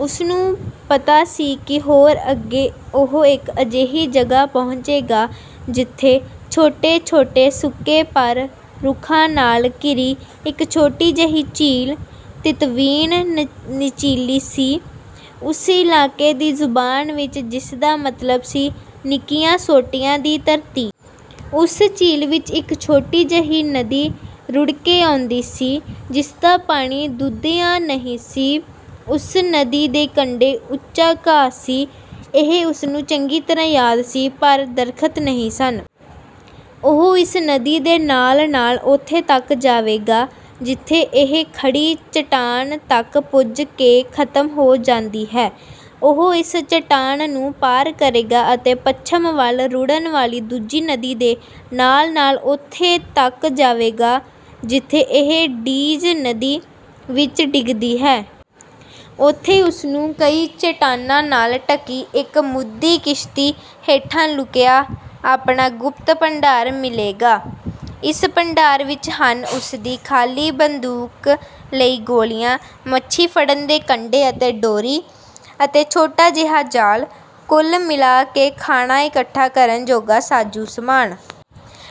ਉਸਨੂੰ ਪਤਾ ਸੀ ਕਿ ਹੋਰ ਅੱਗੇ ਉਹ ਇੱਕ ਅਜਿਹੀ ਜਗ੍ਹਾ ਪਹੁੰਚੇਗਾ, ਜਿੱਥੇ ਛੋਟੇ-ਛੋਟੇ ਸੁੱਕੇ ਪਰ ਰੁੱਖਾਂ ਨਾਲ਼ ਘਿਰੀ ਇੱਕ ਛੋਟੀ ਜਿਹੀ ਝੀਲ਼ 'ਤੀਤਵਿਨ ਨਿਚੀਲੀ' ਸੀ, ਉਸ ਇਲਾਕੇ ਦੀ ਜ਼ੁਬਾਨ ਵਿੱਚ, ਜਿਸਦਾ ਮਤਲਬ ਸੀ "ਨਿੱਕੀਆਂ ਸੋਟੀਆਂ ਦੀ ਧਰਤੀ।" ਉਸ ਝੀਲ ਵਿੱਚ ਇੱਕ ਛੋਟੀ ਜਿਹੀ ਨਦੀ ਰੁੜ੍ਹਕੇ ਆਉਂਦੀ ਸੀ, ਜਿਸਦਾ ਪਾਣੀ ਦੁਧੀਆ ਨਹੀਂ ਸੀ। ਉਸ ਨਦੀ ਦੇ ਕੰਡੇ ਉੱਚਾ ਘਾਹ ਸੀ — ਇਹ ਉਸਨੂੰ ਚੰਗੀ ਤਰ੍ਹਾਂ ਯਾਦ ਸੀ — ਪਰ ਦਰੱਖ਼ਤ ਨਹੀਂ ਸਨ। ਉਹ ਇਸ ਨਦੀ ਦੇ ਨਾਲ਼-ਨਾਲ਼ ਉੱਥੇ ਤੱਕ ਜਾਵੇਗਾ, ਜਿੱਥੇ ਇਹ ਖੜੀ ਚੱਟਾਨ ਤੱਕ ਪੁੱਜ ਕੇ ਖਤਮ ਹੋ ਜਾਂਦੀ ਹੈ। ਉਹ ਇਸ ਚੱਟਾਨ ਨੂੰ ਪਾਰ ਕਰੇਗਾ ਅਤੇ ਪੱਛਮ ਵੱਲ ਰੁੜ੍ਹਨ ਵਾਲ਼ੀ ਦੂਜੀ ਨਦੀ ਦੇ ਨਾਲ਼-ਨਾਲ਼ ਉੱਥੇ ਤੱਕ ਜਾਵੇਗਾ, ਜਿੱਥੇ ਇਹ 'ਡੀਜ਼ ਨਦੀ' ਵਿੱਚ ਡਿੱਗਦੀ ਹੈ। ਉੱਥੇ ਉਸਨੂੰ ਕਈ ਚੱਟਾਨਾਂ ਨਾਲ਼ ਢਕੀ ਇੱਕ ਮੂਧੀ ਕਿਸ਼ਤੀ ਹੇਠਾਂ ਲੁਕਿਆ ਆਪਣਾ ਗੁਪਤ ਭੰਡਾਰ ਮਿਲ਼ੇਗਾ। ਇਸ ਭੰਡਾਰ ਵਿੱਚ ਹਨ ਉਸਦੀ ਖਾਲੀ ਬੰਦੂਕ ਲਈ ਗੋਲ਼ੀਆਂ, ਮੱਛੀ ਫੜਨ ਦੇ ਕੰਡੇ ਅਤੇ ਡੋਰੀ, ਅਤੇ ਛੋਟਾ ਜਿਹਾ ਜਾਲ਼ – ਕੁੱਲ ਮਿਲ਼ਾ ਕੇ ਖਾਣਾ ਇਕੱਠਾ ਕਰਨ ਜੋਗਾ ਸਾਜੋ-ਸਾਮਾਨ।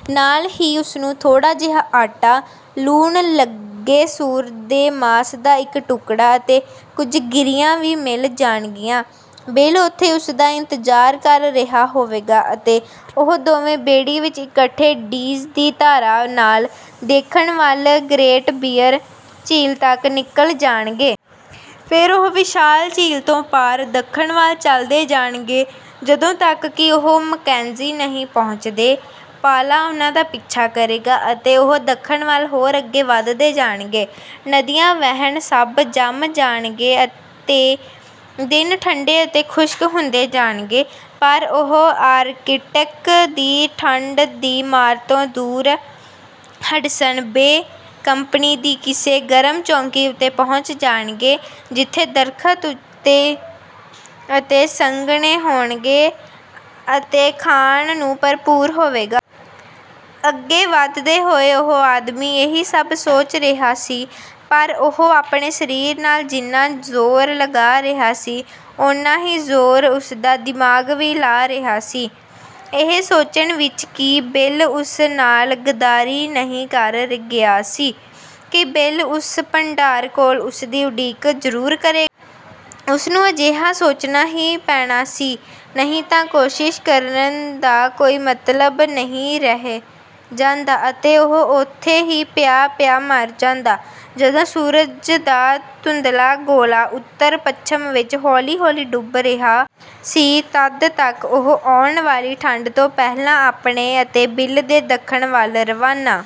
ਨਾਲ਼ ਹੀ, ਉਸਨੂੰ ਥੋੜ੍ਹਾ ਜਿਹਾ ਆਟਾ, ਲੂਣ ਲੱਗੇ ਸੂਰ ਦੇ ਮਾਸ ਦਾ ਇੱਕ ਟੁਕੜਾ ਅਤੇ ਕੁੱਝ ਗਿਰੀਆਂ ਵੀ ਮਿਲ਼ ਜਾਣਗੀਆਂ। ਬਿਲ ਉੱਥੇ ਉਸਦਾ ਇੰਤਜ਼ਾਰ ਕਰ ਰਿਹਾ ਹੋਵੇਗਾ ਅਤੇ ਉਹ ਦੋਵੇਂ ਬੇੜੀ ਵਿੱਚ ਇਕੱਠੇ ਡੀਜ਼ ਦੀ ਧਾਰਾ ਨਾਲ਼ ਦੱਖਣ ਵੱਲ ਗਰੇਟ ਬੀਅਰ ਝੀਲ ਤੱਕ ਨਿੱਕਲ਼ ਜਾਣਗੇ। ਫਿਰ ਉਹ ਵਿਸ਼ਾਲ ਝੀਲ ਤੋਂ ਪਾਰ, ਦੱਖਣ ਵੱਲ ਚਲਦੇ ਜਾਣਗੇ, ਜਦੋਂ ਤੱਕ ਕਿ ਉਹ ਮੈਕੇਂਜੀ ਨਹੀਂ ਪਹੁੰਚਦੇ। ਪਾਲ਼ਾ ਉਨ੍ਹਾਂ ਦਾ ਪਿੱਛਾ ਕਰੇਗਾ ਅਤੇ ਉਹ ਦੱਖਣ ਵੱਲ ਹੋਰ ਅੱਗੇ ਵਧਦੇ ਜਾਣਗੇ। ਨਦੀਆਂ-ਵਹਿਣ ਸਭ ਜੰਮ ਜਾਣਗੇ ਤੇ ਦਿਨ ਠੰਡੇ ਅਤੇ ਖੁਸ਼ਕ ਹੁੰਦੇ ਜਾਣਗੇ, ਪਰ ਉਹ ਆਰਕਟਿਕ ਦੀ ਠੰਡ ਦੀ ਮਾਰ ਤੋਂ ਦੂਰ, 'ਹਡਸਨ ਬੇ' ਕੰਪਨੀ ਦੀ ਕਿਸੇ ਗਰਮ ਚੌਂਕੀ ਉੱਤੇ ਪਹੁੰਚ ਜਾਣਗੇ, ਜਿੱਥੇ ਦਰੱਖ਼ਤ ਉੱਚੇ ਅਤੇ ਸੰਘਣੇ ਹੋਣਗੇ ਅਤੇ ਖਾਣ ਨੂੰ ਭਰਪੂਰ ਹੋਵੇਗਾ। ਅੱਗੇ ਵਧਦੇ ਹੋਏ ਉਹ ਆਦਮੀ ਇਹੀ ਸਭ ਸੋਚ ਰਿਹਾ ਸੀ। ਪਰ ਉਹ ਆਪਣੇ ਸਰੀਰ ਨਾਲ਼ ਜਿੰਨਾ ਜ਼ੋਰ ਲਗਾ ਰਿਹਾ ਸੀ, ਓਨਾ ਹੀ ਜ਼ੋਰ ਉਸਦਾ ਦਿਮਾਗ਼ ਵੀ ਲਾ ਰਿਹਾ ਸੀ – ਇਹ ਸੋਚਣ ਵਿੱਚ ਕਿ ਬਿਲ ਉਸ ਨਾਲ਼ ਗੱਦਾਰੀ ਨਹੀਂ ਕਰ ਗਿਆ ਸੀ, ਕਿ ਬਿਲ ਉਸ ਭੰਡਾਰ ਕੋਲ਼ ਉਸਦੀ ਉਡੀਕ ਜਰੂਰ ਕਰੇਗਾ। ਉਸਨੂੰ ਅਜਿਹਾ ਸੋਚਣਾ ਹੀ ਪੈਣਾ ਸੀ, ਨਹੀਂ ਤਾਂ ਕੋਸ਼ਿਸ਼ ਕਰਨ ਦਾ ਕੋਈ ਮਤਲਬ ਨਹੀਂ ਰਹਿ ਜਾਂਦਾ ਅਤੇ ਉਹ ਉੱਥੇ ਹੀ ਪਿਆ-ਪਿਆ ਮਰ ਜਾਂਦਾ। ਜਦੋਂ ਸੂਰਜ ਦਾ ਧੁੰਦਲ਼ਾ ਗੋਲ਼ਾ ਉੱਤਰ-ਪੱਛਮ ਵਿੱਚ ਹੌਲ਼ੀ-ਹੌਲ਼ੀ ਡੁੱਬ ਰਿਹਾ ਸੀ, ਤਦ ਤੱਕ ਉਹ ਆਉਣ ਵਾਲ਼ੀ ਠੰਡ ਤੋਂ ਪਹਿਲਾਂ ਆਪਣੇ ਅਤੇ ਬਿਲ ਦੇ ਦੱਖਣ ਵੱਲ ਰਵਾਨਾ